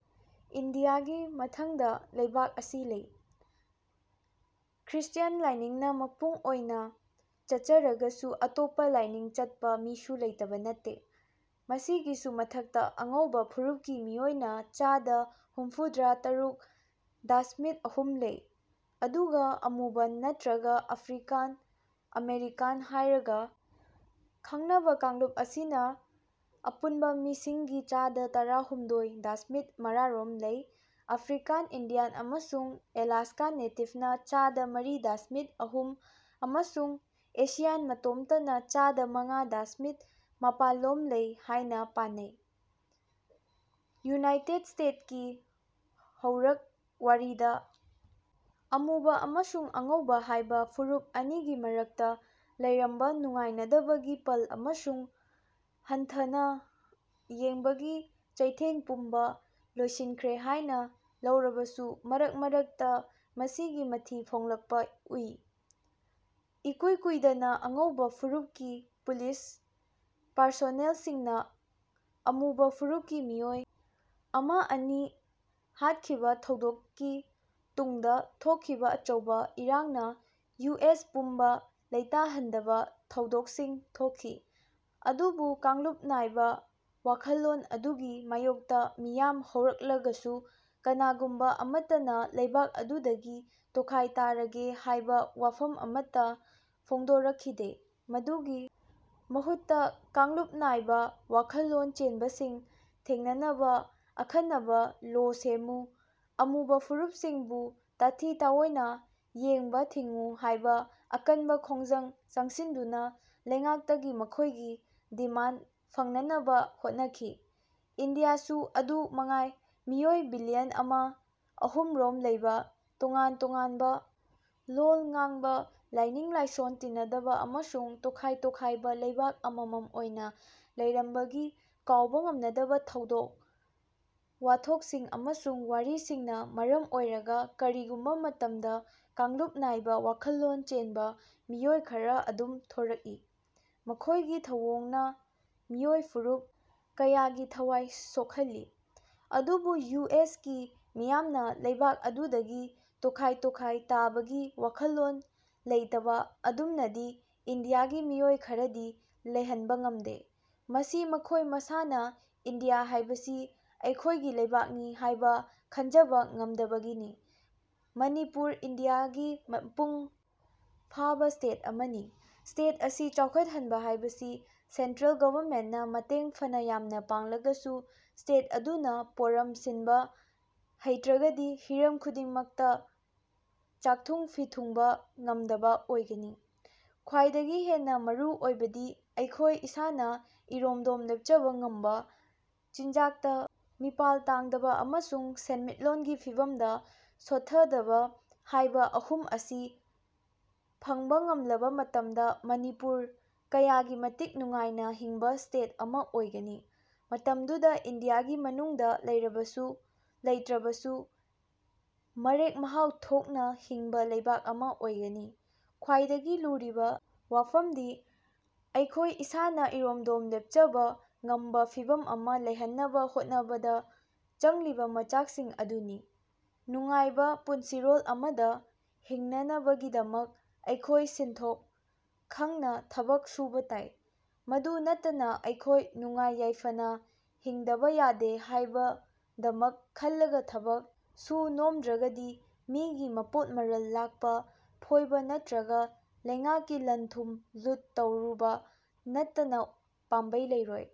ꯏꯟꯗꯤꯌꯥꯒꯤ ꯃꯊꯪꯗ ꯂꯩꯕꯥꯛ ꯑꯁꯤ ꯂꯩ꯫ ꯈ꯭ꯔꯤꯁꯇꯥꯟ ꯂꯥꯏꯅꯤꯡꯅ ꯃꯄꯨꯡ ꯑꯣꯏꯅ ꯆꯠꯆꯔꯒꯁꯨ ꯑꯇꯣꯞꯄ ꯂꯥꯏꯅꯤꯡ ꯆꯠꯄ ꯃꯤꯁꯨ ꯂꯩꯇꯕ ꯅꯠꯇꯦ꯫ ꯃꯁꯤꯒꯤꯁꯨ ꯃꯊꯛꯇ ꯑꯉꯧꯕ ꯐꯨꯔꯨꯞꯀꯤ ꯃꯤꯑꯣꯏꯅ ꯆꯥꯗ ꯍꯨꯝꯐꯨꯗ꯭ꯔꯥ ꯇꯔꯨꯛ ꯗꯥꯁꯃꯤꯠ ꯑꯍꯨꯝ ꯂꯩ꯫ ꯑꯗꯨꯒ ꯑꯃꯨꯕ ꯅꯠꯇ꯭ꯔꯒ ꯑꯐ꯭ꯔꯤꯀꯥꯟ, ꯑꯃꯦꯔꯤꯀꯥꯟ ꯍꯥꯏꯔꯒ ꯈꯪꯅꯕ ꯀꯥꯡꯂꯨꯞ ꯑꯁꯤꯅ ꯑꯄꯨꯟꯕ ꯃꯤꯁꯤꯡꯒꯤ ꯆꯥꯗ ꯇꯔꯍꯨꯝꯗꯣꯏ ꯗꯥꯁꯃꯤꯠ ꯃꯔꯥꯔꯣꯝ ꯂꯩ꯫ ꯑꯐ꯭ꯔꯤꯀꯥꯟ, ꯏꯟꯗꯤꯌꯥꯟ ꯑꯃꯁꯨꯡ ꯑꯂꯥꯁꯀꯥ ꯅꯦꯇꯤꯚꯅ ꯆꯥꯗ ꯃꯔꯤ ꯗꯥꯁꯃꯤꯠ ꯑꯍꯨꯝ ꯑꯃꯁꯨꯡ ꯑꯦꯁꯤꯌꯥꯟ ꯃꯇꯣꯝꯇꯅ ꯆꯥꯗ ꯃꯉꯥ ꯗꯥꯁꯃꯤꯠ ꯃꯄꯜꯂꯣꯝ ꯂꯩ ꯍꯥꯏꯅ ꯄꯥꯅꯩ꯫ ꯌꯨꯅꯥꯏꯇꯦꯗ ꯁ꯭ꯇꯦꯠꯀꯤ ꯍꯧꯔꯛ ꯋꯥꯔꯤꯗ ꯑꯃꯨꯕ ꯑꯃꯁꯨꯡ ꯑꯉꯧꯕ ꯍꯥꯏꯕ ꯐꯨꯔꯨꯞ ꯑꯅꯤꯒꯤ ꯃꯔꯛꯇ ꯂꯩꯔꯝꯕ ꯅꯨꯡꯉꯥꯏꯅꯗꯕꯒꯤ ꯄꯜ ꯑꯃꯁꯨꯡ ꯍꯟꯊꯅ ꯌꯦꯡꯕꯒꯤ ꯆꯩꯊꯦꯡ ꯄꯨꯝꯕ ꯂꯣꯏꯁꯤꯟꯈ꯭ꯔꯦ ꯍꯥꯏꯅ ꯂꯧꯔꯕꯁꯨ ꯃꯔꯛ ꯃꯔꯛꯇ ꯃꯁꯤꯒꯤ ꯃꯊꯤ ꯐꯣꯡꯂꯛꯄ ꯎꯏ꯫ ꯏꯀꯨꯏ ꯀꯨꯏꯗꯅ ꯑꯉꯧꯕ ꯐꯨꯔꯨꯞꯀꯤ ꯄꯨꯂꯤꯁ ꯄꯥꯔꯁꯣꯅꯦꯜꯁꯤꯡꯅ ꯑꯃꯨꯕ ꯐꯨꯔꯨꯞꯀꯤ ꯃꯤꯑꯣꯏ ꯑꯃꯥ ꯑꯅꯤ ꯍꯥꯠꯈꯤꯕ ꯊꯧꯗꯣꯛꯀꯤ ꯇꯨꯡꯗ ꯊꯣꯛꯈꯤꯕ ꯑꯆꯧꯕ ꯏꯔꯥꯡꯅ ꯌꯨ ꯑꯦꯁ ꯄꯨꯝꯕ ꯂꯩꯇꯥꯍꯟꯗꯕ ꯊꯧꯗꯣꯛꯁꯤꯡ ꯊꯣꯛꯈꯤ꯫ ꯑꯗꯨꯕꯨ ꯀꯥꯡꯂꯨꯞ ꯅꯥꯏꯕ ꯋꯥꯈꯜꯂꯣꯟ ꯑꯗꯨꯒꯤ ꯃꯥꯌꯣꯛꯇ ꯃꯤꯌꯥꯝ ꯍꯧꯔꯛꯂꯒꯁꯨ ꯀꯅꯥꯒꯨꯝꯕ ꯑꯃꯠꯇꯅ ꯂꯩꯕꯥꯛ ꯑꯗꯨꯗꯒꯤ ꯇꯣꯈꯥꯏ ꯇꯥꯔꯒꯦ ꯍꯥꯏꯕ ꯋꯥꯐꯝ ꯑꯃꯠꯇ ꯐꯣꯡꯗꯣꯔꯛꯈꯤꯗꯦ꯫ ꯃꯗꯨꯒꯤ ꯃꯍꯨꯠꯇ ꯀꯥꯡꯂꯨꯞ ꯅꯥꯏꯕ ꯋꯥꯈꯜꯂꯣꯟ ꯆꯦꯟꯕꯁꯤꯡ ꯊꯦꯡꯅꯅꯕ ꯑꯈꯟꯅꯕ ꯂꯣ ꯁꯦꯝꯃꯨ, ꯑꯃꯨꯕ ꯐꯨꯔꯨꯞꯁꯤꯡꯕꯨ ꯇꯥꯊꯤ-ꯇꯥꯑꯣꯏꯅ ꯌꯦꯡꯕ ꯊꯤꯡꯎ ꯍꯥꯏꯕ ꯑꯀꯟꯕ ꯈꯣꯡꯖꯪ ꯆꯪꯁꯤꯟꯗꯨꯅ ꯂꯩꯉꯥꯛꯇꯒꯤ ꯃꯈꯣꯏꯒꯤ ꯗꯤꯃꯥꯟꯗ ꯐꯪꯅꯅꯕ ꯍꯣꯠꯅꯈꯤ꯫ ꯏꯟꯗꯤꯌꯥꯁꯨ ꯑꯗꯨ ꯃꯉꯥꯏ ꯃꯤꯑꯣꯏ ꯕꯤꯂꯤꯌꯟ ꯑꯃ ꯑꯍꯨꯝꯔꯣꯝ ꯂꯩꯕ, ꯇꯣꯉꯥꯟ ꯇꯣꯉꯥꯟꯕ ꯂꯣꯜ ꯉꯥꯡꯕ, ꯂꯥꯏꯅꯤꯡ-ꯂꯥꯏꯁꯣꯟ ꯇꯤꯟꯅꯗꯕ ꯑꯃꯁꯨꯡ ꯇꯣꯈꯥꯏ ꯇꯣꯈꯥꯏꯕ ꯂꯩꯕꯥꯛ ꯑꯃꯃꯝ ꯑꯣꯏꯅ ꯂꯩꯔꯝꯕꯒꯤ ꯀꯥꯎꯕ ꯉꯝꯅꯗꯕ ꯊꯧꯗꯣꯛ ꯋꯥꯊꯣꯛꯁꯤꯡ ꯑꯃꯁꯨꯡ ꯋꯥꯔꯤꯁꯤꯡꯅ ꯃꯔꯝ ꯑꯣꯏꯔꯒ ꯀꯔꯤꯒꯨꯝꯕ ꯃꯇꯝꯗ ꯀꯥꯡꯂꯨꯞ ꯅꯥꯏꯕ ꯋꯥꯈꯜꯂꯣꯟ ꯆꯦꯟꯕ ꯃꯤꯑꯣꯏ ꯈꯔ ꯑꯗꯨꯝ ꯊꯣꯔꯛꯏ꯫ ꯃꯈꯣꯏꯒꯤ ꯊꯧꯑꯣꯡꯅ ꯃꯤꯑꯣꯏ ꯐꯨꯔꯨꯞ ꯀꯌꯥꯒꯤ ꯊꯋꯥꯏ ꯁꯣꯛꯍꯜꯂꯤ꯫ ꯑꯗꯨꯕꯨ ꯌꯨ ꯑꯦꯁꯀꯤ ꯃꯤꯌꯥꯝꯅ ꯂꯩꯕꯥꯛ ꯑꯗꯨꯗꯒꯤ ꯇꯣꯈꯥꯏ ꯇꯣꯈꯥꯏ ꯇꯥꯕꯒꯤ ꯋꯥꯈꯜꯂꯣꯟ ꯂꯩꯇꯕ ꯑꯗꯨꯝꯅꯗꯤ ꯏꯟꯗꯤꯌꯥꯒꯤ ꯃꯤꯑꯣꯏ ꯈꯔꯗꯤ ꯂꯩꯍꯟꯕ ꯉꯝꯗꯦ꯫ ꯃꯁꯤ ꯃꯈꯣꯏ ꯃꯁꯥꯅ ꯏꯟꯗꯤꯌꯥ ꯍꯥꯏꯕꯁꯤ ꯑꯩꯈꯣꯏꯒꯤ ꯂꯩꯕꯥꯛꯅꯤ ꯍꯥꯏꯕ ꯈꯟꯖꯕ ꯉꯝꯗꯕꯗꯒꯤꯅꯤ꯫ ꯃꯅꯤꯄꯨꯔ ꯏꯟꯗꯤꯌꯥꯒꯤ ꯃꯄꯨꯡ ꯐꯥꯕ ꯁ꯭ꯇꯦꯠ ꯑꯃꯅꯤ꯫ ꯁ꯭ꯇꯦꯠ ꯑꯁꯤ ꯆꯥꯎꯈꯠꯍꯟꯕ ꯍꯥꯏꯕꯁꯤ ꯁꯦꯟꯇ꯭ꯔꯦꯜ ꯒꯚꯔꯃꯦꯟꯠꯅ ꯃꯇꯦꯡ ꯐꯅꯥ ꯌꯥꯝꯅ ꯄꯥꯡꯂꯒꯁꯨ ꯁ꯭ꯇꯦꯠ ꯑꯗꯨꯅ ꯄꯣꯔꯝ ꯁꯤꯟꯕ ꯍꯩꯇ꯭ꯔꯒꯗꯤ ꯍꯤꯔꯝ ꯈꯨꯗꯤꯡꯃꯛꯇ ꯆꯥꯛꯊꯨꯡ-ꯐꯤꯊꯨꯡꯕ ꯉꯝꯗꯕ ꯑꯣꯏꯒꯅꯤ꯫ ꯈ꯭ꯋꯥꯏꯗꯒꯤ ꯍꯦꯟꯅ ꯃꯔꯨ ꯑꯣꯏꯕꯗꯤ ꯑꯩꯈꯣꯏ ꯏꯁꯥꯅ ꯏꯔꯣꯝꯗꯣꯝ ꯂꯦꯞꯆꯕ ꯉꯝꯕ, ꯆꯤꯟꯖꯥꯛꯇ ꯃꯤꯄꯥꯜ ꯇꯥꯡꯗꯕ ꯑꯃꯁꯨꯡ ꯁꯦꯟꯃꯤꯠꯂꯣꯟꯒꯤ ꯐꯤꯚꯝꯗ ꯁꯣꯠꯊꯗꯕ ꯍꯥꯏꯕ ꯑꯍꯨꯝ ꯑꯁꯤ ꯐꯪꯕ ꯉꯝꯂꯕ ꯃꯇꯝꯗ ꯃꯅꯤꯄꯨꯔ ꯀꯌꯥꯒꯤ ꯃꯇꯤꯛ ꯅꯨꯡꯉꯥꯏꯅ ꯍꯤꯡꯕ ꯁ꯭ꯇꯦꯠ ꯑꯃ ꯑꯣꯏꯒꯅꯤ꯫ ꯃꯇꯝꯗꯨꯗ ꯏꯟꯗꯤꯌꯥꯒꯤ ꯃꯅꯨꯡꯗ ꯂꯩꯔꯕꯁꯨ, ꯂꯩꯇ꯭ꯔꯕꯁꯨ ꯃꯔꯦꯛ-ꯃꯍꯥꯎ ꯊꯣꯛꯅ ꯍꯤꯡꯕ ꯂꯩꯕꯥꯛ ꯑꯃ ꯑꯣꯏꯒꯅꯤ꯫ ꯈ꯭ꯋꯥꯏꯗꯒꯤ ꯂꯨꯔꯤꯕ ꯋꯥꯐꯝꯗꯤ ꯑꯩꯈꯣꯏ ꯏꯁꯥꯅ ꯏꯔꯣꯝꯗꯣꯝ ꯂꯦꯞꯆꯕ ꯉꯝꯕ ꯐꯤꯚꯝ ꯑꯃ ꯂꯩꯍꯟꯅꯕ ꯍꯣꯠꯅꯕꯗ ꯆꯪꯂꯤꯕ ꯃꯆꯥꯛꯁꯤꯡ ꯑꯗꯨꯅꯤ꯫ ꯅꯨꯡꯉꯥꯏꯕ ꯄꯨꯟꯁꯤꯔꯣꯜ ꯑꯃꯗ ꯍꯤꯡꯅꯅꯕꯒꯤꯗꯃꯛ ꯑꯩꯈꯣꯏ ꯁꯤꯟꯊꯣꯛ ꯈꯪꯅ ꯊꯕꯛ ꯁꯨꯕ ꯇꯥꯏ꯫ ꯃꯗꯨ ꯅꯠꯇꯅ ꯑꯩꯈꯣꯏ ꯅꯨꯡꯉꯥꯏ-ꯌꯥꯏꯐꯅ ꯍꯤꯡꯗꯕ ꯌꯥꯗꯦ ꯍꯥꯏꯕꯗꯃꯛ ꯈꯜꯂꯒ ꯊꯕꯛ ꯁꯨ-ꯅꯣꯝꯗ꯭ꯔꯒꯗꯤ ꯃꯤꯒꯤ ꯃꯄꯣꯠ-ꯃꯔꯜ ꯂꯥꯛꯄ, ꯐꯣꯏꯕ ꯅꯠꯇ꯭ꯔꯒ ꯂꯩꯉꯥꯛꯀꯤ ꯂꯟ-ꯊꯨꯝ ꯂꯨꯠ ꯇꯧꯔꯨꯕ ꯅꯠꯇꯅ ꯄꯥꯝꯕꯩ ꯂꯩꯔꯣꯏ꯫